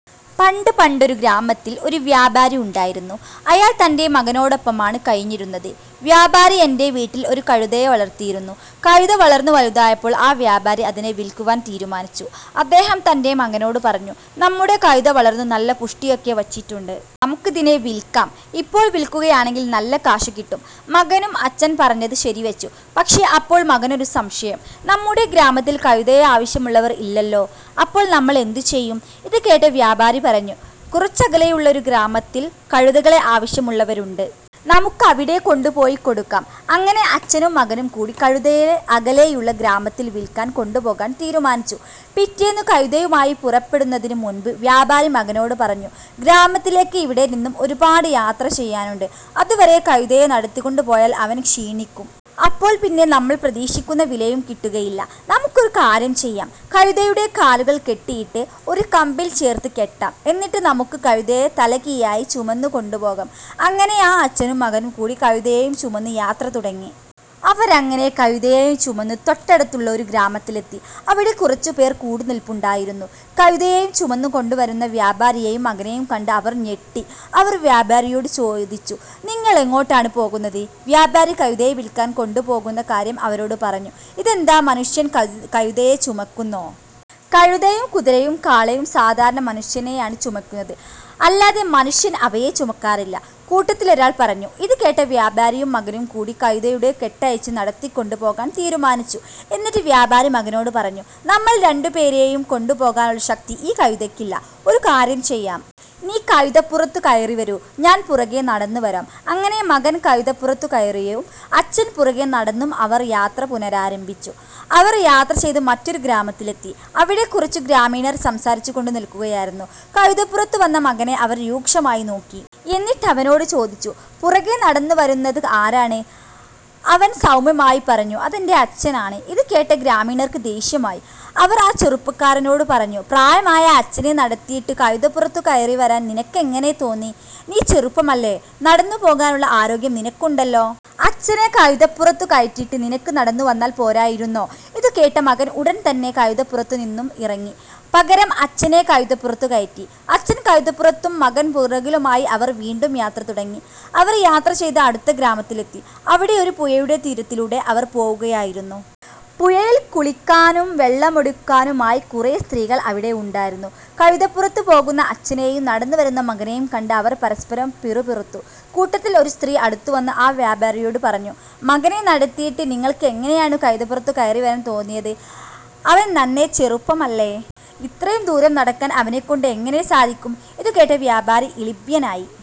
പണ്ട് പണ്ടൊരു ഗ്രാമത്തിൽ ഒരു വ്യാപാരി ഉണ്ടായിരുന്നു. അയാൾ തൻ്റെ മകനോടൊപ്പമാണ് കഴിഞ്ഞിരുന്നത്. വ്യാപാരി തൻ്റെ വീട്ടിൽ ഒരു കഴുതയെ വളർത്തിയിരുന്നു. കഴുത വളർന്നു വലുതായപ്പോൾ ആ വ്യാപാരി അതിനെ വിൽക്കുവാൻ തീരുമാനിച്ചു. അദ്ദേഹം തൻ്റെ മകനോട് പറഞ്ഞു "നമ്മുടെ കഴുത വളർന്നു നല്ല പുഷ്ടിയൊക്കെ വച്ചിട്ടുണ്ട്. നമുക്കതിനെ വിൽക്കാം. ഇപ്പോൾ വിൽക്കുകയാണെങ്കിൽ നല്ല കാശും കിട്ടും. " മകനും അച്ഛൻ പറഞ്ഞത് ശരിവച്ചു. പക്ഷേ അപ്പോൾ മകനൊരു സംശയം "നമ്മുടെ ഗ്രാമത്തിൽ കഴുതയെ ആവശ്യമുള്ളവർ ഇല്ലല്ലോ. അപ്പോൾ നമ്മൾ എന്ത് ചെയ്യും? ഇതുകേട്ട വ്യാപാരി പറഞ്ഞു "കുറച്ചകലെയുള്ള ഒരു ഗ്രാമത്തിൽ കഴുതകളെ ആവശ്യമുള്ളവരുണ്ട്. നമുക്ക് അവിടെ കൊണ്ടുപോയി കൊടുക്കാം. " അങ്ങനെ അച്ഛനും മകനും കൂടി കഴുതയെ അകലെയുള്ള ഗ്രാമത്തിൽ വിൽക്കാൻ കൊണ്ടുപോകാൻ തീരുമാനിച്ചു. പിറ്റേന്ന് കഴുതയുമായി പുറപ്പെടുന്നതിനു മുൻപ് വ്യാപാരി മകനോട് പറഞ്ഞു. "ഗ്രാമത്തിലേക്ക് ഇവിടെ നിന്നും ഒരുപാട് യാത്ര ചെയ്യാനുണ്ട്. അതുവരെ കഴുതയെ നടത്തിക്കൊണ്ട് പോയാൽ അവൻ ക്ഷീണിക്കും. അപ്പോൾ പിന്നെ നമ്മൾ പ്രതീക്ഷിക്കുന്ന വിലയും കിട്ടുകയില്ല. നമുക്കൊരു കാര്യം ചെയ്യാം. കഴുതയുടെ കാലുകൾ കെട്ടിയിട്ട് ഒരു കമ്പിൽ ചേർത്ത് കെട്ടാം. എന്നിട്ട് നമുക്ക് കഴുതയെ തലകീഴായി ചുമന്നു കൊണ്ടു പോകാം. " അങ്ങനെ ആ അച്ഛനും മകനും കൂടി കഴുതയെയും ചുമന്നു യാത്ര തുടങ്ങി. അവരങ്ങനെ കഴുതയെയും ചുമന്ന് തൊട്ടടുത്തുള്ള ഒരു ഗ്രാമത്തിലെത്തി. അവിടെ കുറച്ചുപേർ കൂടി നിൽപ്പുണ്ടായിരുന്നു. കഴുതയെയും ചുമന്നു കൊണ്ടുവരുന്ന വ്യാപാരിയെയും മകനെയും കണ്ട് അവർ ഞെട്ടി. അവർ വ്യാപാരിയോട് ചോദിച്ചു. "നിങ്ങളെങ്ങോട്ടാണ് പോകുന്നത്? " വ്യാപാരി കഴുതയെ വിൽക്കാൻ കൊണ്ടുപോകുന്ന കാര്യം അവരോട് പറഞ്ഞു. "ഇതെന്താ, മനുഷ്യൻ കഴുതയെ ചുമക്കുന്നോ? കഴുതയും കുതിരയും കാളയും സാധാരണ മനുഷ്യനെയാണ് ചുമക്കുന്നത്. അല്ലാതെ മനുഷ്യൻ അവയെ ചുമക്കാറില്ല. " കൂട്ടത്തിലൊരാൾ പറഞ്ഞു. ഇതുകേട്ട വ്യാപാരിയും മകനും കൂടി കഴുതയുടെ കെട്ടഴിച്ചു നടത്തിക്കൊണ്ടു പോകാൻ തീരുമാനിച്ചു. എന്നിട്ട് വ്യാപാരി മകനോട് പറഞ്ഞു "നമ്മൾ രണ്ടുപേരെയും കൊണ്ടുപോകാനുള്ള ശക്തി ഈ കഴുതയ്ക്കില്ല. ഒരു കാര്യം ചെയ്യാം. നീ കഴുതപ്പുറത്തു കയറിവരൂ. ഞാൻ പുറകെ നടന്നു വരാം. " അങ്ങനെ മകൻ കഴുതപ്പുറത്തു കയറിയും അച്ഛൻ പുറകെ നടന്നും അവർ യാത്ര പുനരാരംഭിച്ചു. അവർ യാത്രചെയ്ത് മറ്റൊരു ഗ്രാമത്തിലെത്തി. അവിടെ കുറച്ച് ഗ്രാമീണർ സംസാരിച്ചുകൊണ്ട് നിൽക്കുകയായിരുന്നു. കഴുതപ്പുറത്ത് വന്ന മകനെ അവർ രൂക്ഷമായി നോക്കി. എന്നിട്ടവനോട് ചോദിച്ചു. "പുറകെ നടന്നുവരുന്നത് ആരാണ്? " അവൻ സൗമ്യമായി പറഞ്ഞു "അതെൻ്റെ അച്ഛനാണ്. " ഇതുകേട്ട ഗ്രാമീണർക്ക് ദേഷ്യമായി. അവർ ആ ചെറുപ്പക്കാരനോട് പറഞ്ഞു. "പ്രായമായ അച്ഛനെ നടത്തിയിട്ട് കഴുതപ്പുറത്തു കയറിവരാൻ നിനക്കെങ്ങനെ തോന്നി? നീ ചെറുപ്പമല്ലേ നടന്നു പോകാനുള്ള ആരോഗ്യം നിനക്ക് ഉണ്ടല്ലോ? അച്ഛനെ കഴുതപ്പുറത്തു കയറ്റിയിട്ട് നിനക്ക് നടന്നു വന്നാൽ പോരായിരുന്നോ? " ഇതുകേട്ട മകൻ ഉടൻതന്നെ കഴുത പുറത്തു നിന്നും ഇറങ്ങി. പകരം അച്ഛനെ കഴുതപ്പുറത്തു കയറ്റി. അച്ഛൻ കഴുതപ്പുറത്തും മകൻ പുറകിലുമായി അവർ വീണ്ടും യാത്ര തുടങ്ങി. അവർ യാത്രചെയ്ത് അടുത്ത ഗ്രാമത്തിലെത്തി. അവിടെ ഒരു പുഴയുടെ തീരത്തിലൂടെ അവർ പോവുകയായിരുന്നു. പുഴയിൽ കുളിക്കാനും വെള്ളമെടുക്കാനുമായി കുറേ സ്ത്രീകൾ അവിടെ ഉണ്ടായിരുന്നു. കഴുതപ്പുറത്ത് പോകുന്ന അച്ഛനെയും നടന്നുവരുന്ന മകനെയും കണ്ട് അവർ പരസ്പരം പിറുപിറുത്തു. കൂട്ടത്തിൽ ഒരു സ്ത്രീ അടുത്തുവന്ന് ആ വ്യാപാരിയോട് പറഞ്ഞു. "മകനെ നടത്തിയിട്ട് നിങ്ങൾക്ക് എങ്ങനെയാണ് കഴുതപ്പുറത്തു കയറിവരാൻ തോന്നിയത്? അവൻ നന്നേ ചെറുപ്പമല്ലേ. ഇത്രയും ദൂരം നടക്കാൻ അവനെക്കൊണ്ട് എങ്ങനെ സാധിക്കും? " ഇതുകേട്ട വ്യാപാരി ഇളിഭ്യനായി.